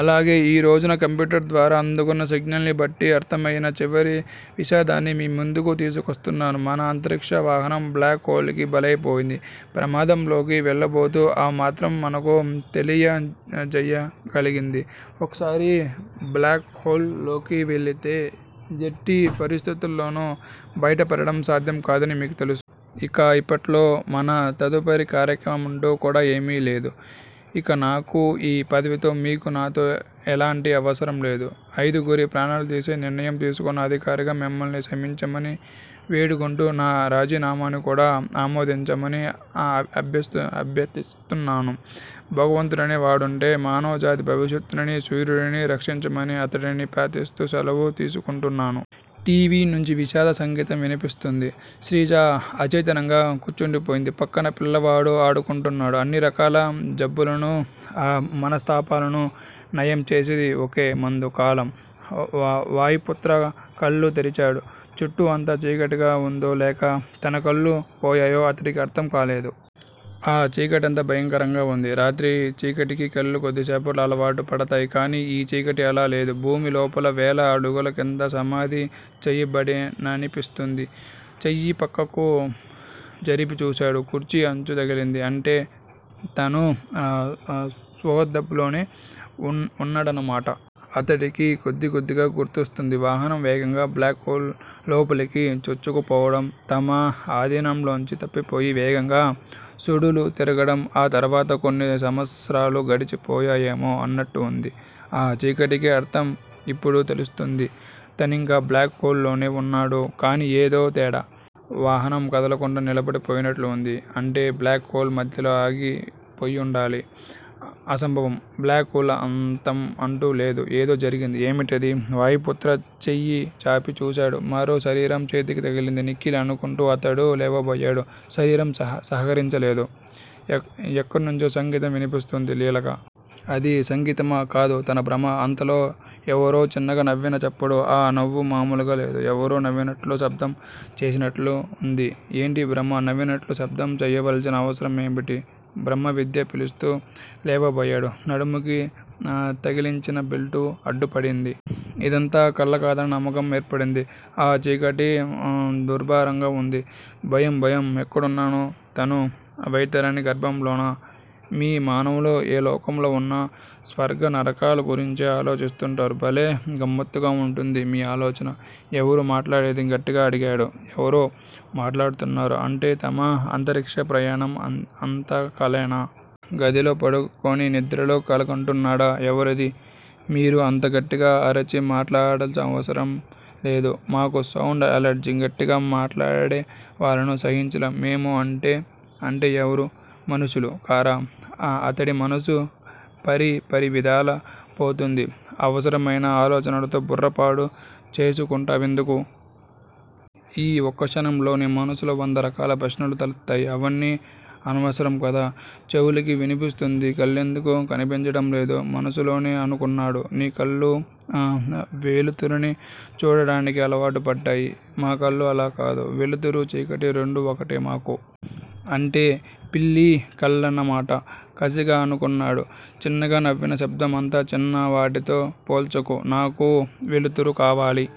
అలాగే ఈ రోజున కంప్యూటర్ ద్వారా అందుకున్న సిగ్నల్ ని బట్టి అర్థమయిన చివరి విషాదాన్ని మీ ముందుకు తీసుకొస్తున్నాను. మన అంతరిక్ష వాహనం బ్లాక్ హొల్ కి బలయిపోయింది. ప్రమాదంలోకి వెళ్ళబోతూ ఆ మాత్రం మనకు తెలియజేయగలిగింది. ఒకసారి బ్లాక్ హొల్ లోకి వెళితే ఎట్టి పరిస్థితుల్లోనూ బయటపడటం సాధ్యం కాదని మీకు తెలుసు. ఇక ఇప్పట్లో మన తదుపరి కార్యక్రమం అంటూ కూడా ఏమీ లేదు. ఇక నాకు ఈ పదవితో, మీకు నాతో ఎలాంటి అవసరంలేదు. ఐదుగురి ప్రాణాలు తీసే నిర్ణయం తీసుకున్న అధికారిగా మిమ్మల్ని క్షమించమని వేడుకుంటూ నా రాజీనామాని కూడా ఆమోదించమని అభ్యర్థిస్తున్నాను. భగవంతుడనే వాడుంటే మానవజాతి భవిష్యత్తునీ, సూర్యుడినీ రక్షించమని అతడిని ప్రార్థిస్తూ సెలవు తీసుకుంటున్నాను. టి. వి. నుంచి విషాద సంగీతం వినిపిస్తోంది. శ్రీజ అచేతనంగా కూర్చుండిపోయింది. ప్రక్కన పిల్లవాడు ఆడుకుంటున్నాడు. అన్ని రకాల జబ్బులను మనస్తాపాలను నయం చేసేది ఒకే మందు-కాలం. వాయుపుత్ర కళ్ళు తెరిచాడు. చుట్టూ అంతా చీకటిగా వుందో లేక తనకళ్ళు పోయాయో అతడికి అర్థం కాలేదు. ఆ చీకటి అంత భయంకరంగా వుంది. రాత్రి చీకటికి కళ్ళు కొద్దిసేపట్లో అలవాటు పడతాయి. కానీ ఈ చీకటి అలా లేదు. భూమి లోపల వేల అడుగుల క్రింద సమాధి చేయబడ్డనిపిస్తోంది. చెయ్యి పక్కకు జరిపి చూశాడు. కుర్చీ అంచు తగిలింది. అంటే తను సుహృద్భావ్ లోనే వున్నాడన్నమాట. అతడికి కొద్దికొద్దిగా గుర్తొస్తోంది. వాహనం వేగంగా బ్లాక్ హొల్ లోపలికి చొచ్చుకుపోవడం, తమ ఆధీనంలోంచి తప్పిపోయి వేగంగా సుడులు తిరగడం ఆ తర్వాత కొన్ని సంవత్సరాలు గడిచిపోయాయేమో అన్నట్టు వుంది. ఆ చీకటికి అర్థం యిప్పుడు తెలుస్తోంది. తనింకా బ్లాక్ హొల్ లోనే వున్నాడు. కాని ఏదో తేడా! వాహనం కదలకుండా నిలబడిపోయినట్లు వుంది. అంటే బ్లాక్ హొల్ మధ్యలో ఆగిపోయుండాలి- అసంభవం. బ్లాక్ హొల్ అంతం అంటూ లేదు. ఏదో జరిగింది. ఏమిటది? వాయుపుత్ర చెయ్యి చాపి చూశాడు. మరో శరీరం చేతికి తగిలింది. నిఖిల్ అనుకుంటా అతడు లేవబోయాడు. శరీరం సహకరించలేదు. ఎక్కడనుంచో సంగీతం వినిపిస్తోంది లీలగా. అది సంగీతమా? కాదు తన భ్రమ. అంతలో ఎవరో చిన్నగా నవ్విన చప్పుడు. ఆ నవ్వు మామూలుగా లేదు. ఎవరో నవ్వినట్లు శబ్దం చేసినట్లు వుంది. ఏంటీ భ్రమ? నవ్వినట్లు శబ్దం చేయాల్సిన అవసరం ఏమిటి? బ్రహ్మవిద్యా పిలుస్తూ లేవబోయాడు. నడుముకి తగిలించిన బెల్టు అడ్డు పడింది. ఇదంతా కలకాదన్న నమ్మకం ఏర్పడింది. ఆ చీకటి దుర్భారంగా వుంది. భయం భయం ఎక్కడున్నాడు తను? వైతరణీ గర్భంలోనా? మీ మానవులు ఏ లోకంలో వున్నా స్వర్గ నరకాల గురించే ఆలోచిస్తుంటారు. భలే గమ్మత్తుగా వుంటుంది మీ ఆలోచన. ఎవరు మాట్లాడేది? గట్టిగా అడిగాడు. ఎవరో మాట్లాడుతున్నారు అంటే తమ అంతరిక్ష ప్రయాణం అంతా కలేనా? గదిలో పడుకుని నిద్రలో కలగంటున్నాడా? ఎవరది? మీరు అంత గట్టిగా అరచి మాట్లాడవలసిన అవసరం లేదు. మాకు సౌండ్ ఎలర్జీ. గట్టిగా మాట్లాడేవాళ్ళను సహించలేం. మేము అంటే అంటే ఎవరు? మనుష్యులు కారా? అతడి మనసు పరిపరివిధాల పోతుంది. అనవసరమైన ఆలోచనలతో బుర్ర పాడు చేసుకుంటావెందుకు? ఈ ఒక్కక్షణంలో నీ మనసులో వంద రకాల ప్రశ్నలు తలెత్తాయి. అవన్నీ అనవసరం కదా. చెవులకి వినిపిస్తోంది కళ్ళెందుకు కనిపించడం లేదు? మనసులోనే అనుకున్నాడు. నీ కళ్ళు వెలుతురిని చూడడానికే అలవాటు పడ్డాయి. మా కళ్ళు అలా కాదు. వెలుతురూ. చీకటి రెండూ ఒకటే మాకు. అంటే పిల్లి కళ్ళన్నమాట కసిగా అనుకున్నాడు. చిన్నగా నవ్విన శబ్దం అంత చిన్న వాటితో పోల్చకు. నాకు వెలుతురు కావాలి